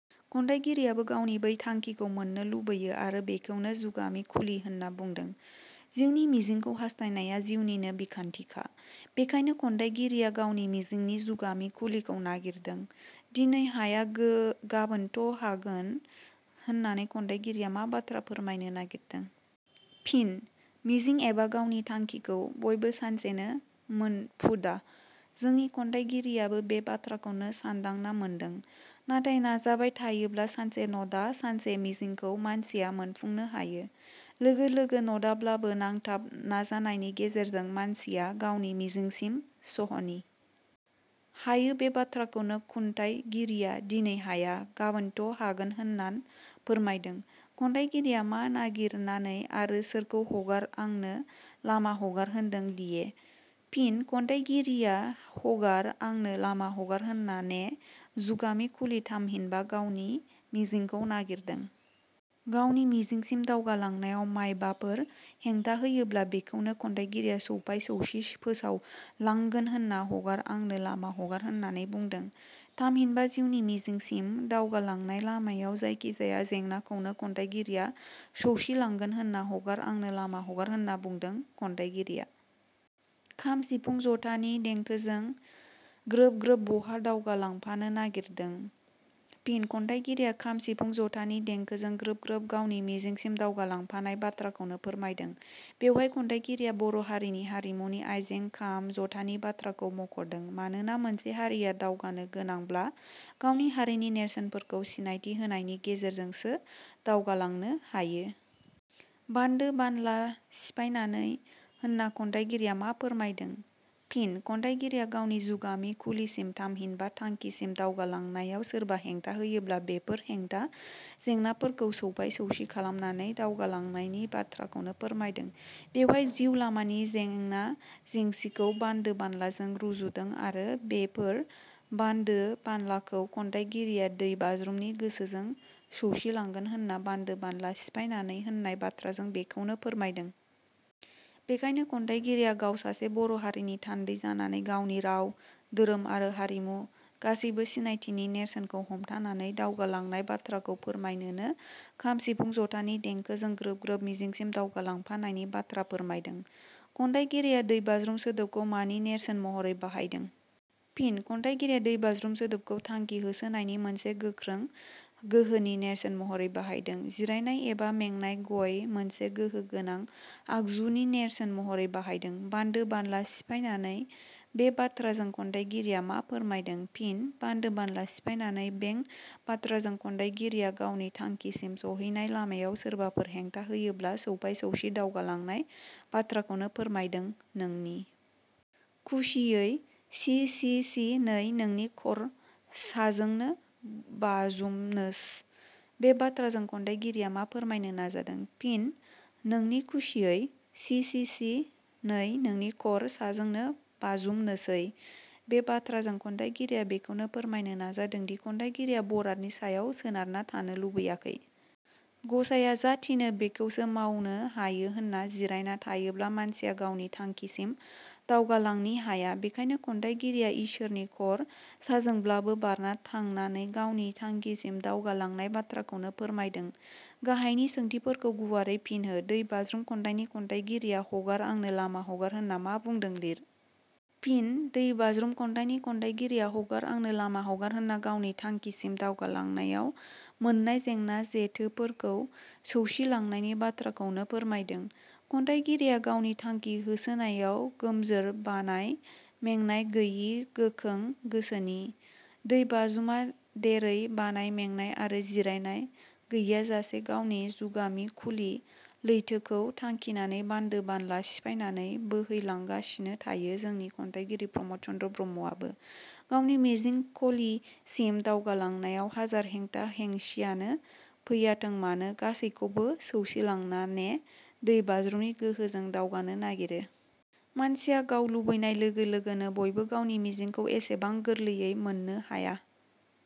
खन्थाइगिरियाबो गावनि बै थांखिखौ मोननो लुबैयो आरो बेखौनो जुगामि खुलि होनना बुंदों। जिउनि मिजिंखौ हास्थायनाया जिउनिनो बिखान्थिखा। बेखायनो खन्याइगिरिया गावनि मिजिंनि जुगामि खुलिखौ नागिरदों।. दिनै हाया गाबोनथ' हागोऩ' होननानै खन्थाइगिरिया मा बाथ्रा फोरमायनो नागिरदों? फिन: मिजिं एबा गावनि थांखिखौ, बयबो सानसेनो मोनफुडा। जोंनि खन्थाइगिरियाबो बे बाथ्राखौनो सानदांना मोनदों। नाथाय नाजाबाय थायोब्ला सानसे नडा सानसे मिजिंखौ मानसिया मोनफुंनो हायो। लोगो लोगो 'नडाब्लाबो नांथाब नाजानायनि गेजेरजों मानसिया गावनि मिजिंसिम सहनी। हायो बे बाथ्राखौनो खुन्थाइगिरिया दिनै हाया गाबोनथ' हागोन होननान फोरमायदों।. खन्थाइगिरिया मा नागिरनानै आरो सोरखौ हगार आंनो लामा हगार होनदों लिए। फिनः खन्थाइगिरिया हगार आंनो लामा हगार होननाने जुगामि खुलि थामहिनबा गावनि मिजिंखौ नागिरदों। गावनि मिजिंसिम दावगालांनायाव मायबाफोर हेंथा होयोब्ला बेखौनो खन्थाइगिरिया सौफाय सौसि फोसावलांगोन होनना हगार आंनो लामा हगार होननानै बुंदों। थामहिनबा जिउनि मिजिंसिम दावगालांनाय लामायाव जायखि जाया जेंनाखौनो खन्थाइगिरिया सौसिलांगोन होनना हगार आंनो लामा हगार होनना बुंदों।.खन्थाइगिरिया खाम सिफुं जथानि देंखोजों ग्रोब ग्रोब बहा दावगालांफानो नागिरदों? फिनः खन्थाइगिरिया खाम सिफुं जथानि देंखोजों ग्रोब ग्रोब गावनि मिजिंसिम दावगालांफानाय बाथ्राखौनो फोरमायदों। बेवहाय खन्थाइगिरिया बर' हारिनि हारिमुनि आयजें खाम, जथानि बाथ्राखौ मख 'दों मानोना मोनसे हारिया दावगानो गोनांब्ला गावनि हारिनि नेरसोनफोरखौ सिनायथि होनायनि गेजेरजोंसो दावगालांनो हायो।. बानदो बानला सिफायनानै होनना खन्थाइगिरिया मा फोरमायदों? फिनः खन्थाइगिरिया गावनि जुगामि खुलिसिम थामहिनबा थांखिसिम दावगालांनायाव सोरबा हेंथा होयोब्ला बेफोर हैंथा जेंनाफोरखौ सौफाय सौसि खालामनाने दावगालांनायनि बाथ्राखौनो फोरमायदों। बेवहाय जिउ लामानि जैना जैसिखौ बानदो बानलाजों रुजुदों आरो बेफोर बनदो बानलाखौ खन्थाइगिरिया दै बाज्रुमनि गोहोजों सौसिलांगोन होनना 'बानदो बानला 'सिफायनानै' होननाय बाथ्राजों बेखौनो फोरमायदों। बेखायनो खन्थाइगिरिया गाव सासे बर' हारिनि थान्दै जानाने गावनि राव, धोरोम आरो हारिमु गासैबो सिनायथिनि नेरसोनखौ हमथानानै दावगालांनाय बाथ्राखौ फोरमायनोनो खाम सिफुं जथानि देंखोजों ग्रोब ग्रोब मिजिंसिम दावगालांफानायनि बाथ्रा फोरमायदों।.खन्थाइगिरिया दै बाज्रुम सोदोबखौ मानि नेरसोन महरै बाहायदों? फिनः खन्थाइगिरिया दै बाज्रुम सोदोबखौ थांखि होसोनायनि मोनसे गोखों गोहोनि नेरसोन महरै बाहायदों। जिरायनाय एबा मेंनाय गय मोनसे गोहो गोनां आगजुनि नेरसोन महरै बाहायदों।."बानदो बानला सिफायनानै"- बे बाथ्राजों खन्थाइगिरिया मा फोरमायदों? फिन: "बान्दो बानला सिफायनानै"- बें बाथ्राजों खन्थाइगिरिया गावनि थांखिसिम सहैनाय लामायाव सोरबाफोर हेंथा होयोब्ला सौफाय सौसि दावगालांनाय बाथ्राखौनो फोरमायदों।.नोंनि खुसियै? सि सि सि नै नोंनि खर साजोंनो बाजुमनोस,- बे बाथ्राजों खन्थाइगिरिया मा फोरमायनो नाजादों? फिनः नोंनि खुसियै? सि सि सि नै नोंनि खर साजोंनो बाजुमनोसै, – बे बाथ्राजों खन्थाइगिरिया बेखौनो फोरमायनो नाजादोंदि खन्थाइगिरिया बरादनि सायाव सोनारना थानो लुबैयाखै। गसाइया जा थिनो बैखौसो मावनो हायो होनना जिरायना थायोब्ला मानसिया गावनि थांखिसिम दावगालांनी हाया, बेखायनो खन्थाइगिरिया इसोरनि खर साजोंब्लाबो बारना थांनानै गावनि थांखिसिम दावगालांनाय बाथ्राखौनो फोरमायदों। गाहायनि सोंथिफोरखौ गुवारै फिन होः. 'दै बाज्रुम' खन्थाइनि खन्थाइगिरिया 'हगार आंनो लामा हगार' होनना मा बुंदों लिर? फिन: 'दै बाज्रुम' खन्थाइनि खन्थाइगिरिया 'हगार आंनो लामा हगार होनना गावनि थांखिसिम दावगालांनायाव मोननाय जेंना जेथोफोरखौ सौसिलांनायनि बाथ्राखौनो फोरमायदों। खन्थाइगिरिया गावनि थांखि होसोनायाव गोमजोर, बानाय-मेंनाय गैयि गोखों गोसोनि। दै बाज़ुमा धेरै बानाय-मेंनाय आरो जिरायनाय गैयाजासे गावनि जुगामि खुलि लैथोखौ थांखिनानै बानदो बानला सिफायनानै बोहैलांगासिनो थायो जोंनि खन्थाइगिरि प्रमद चन्द्र ब्रह्मआबो गावनि मिजिं खलिसिम दावगालांनायाव हाजार हेंथा हेंसियानो फैयाथों मानो गासैखौबो सौसिलांनाने दै बाज्रुमनि गोहोजों दावगानो नागिरो। मानसिया गाव लुबैनाय लोगो लोगोनो बयबो गावनि मिजिंखौ एसेबां गोरलैयै मोननो हाया।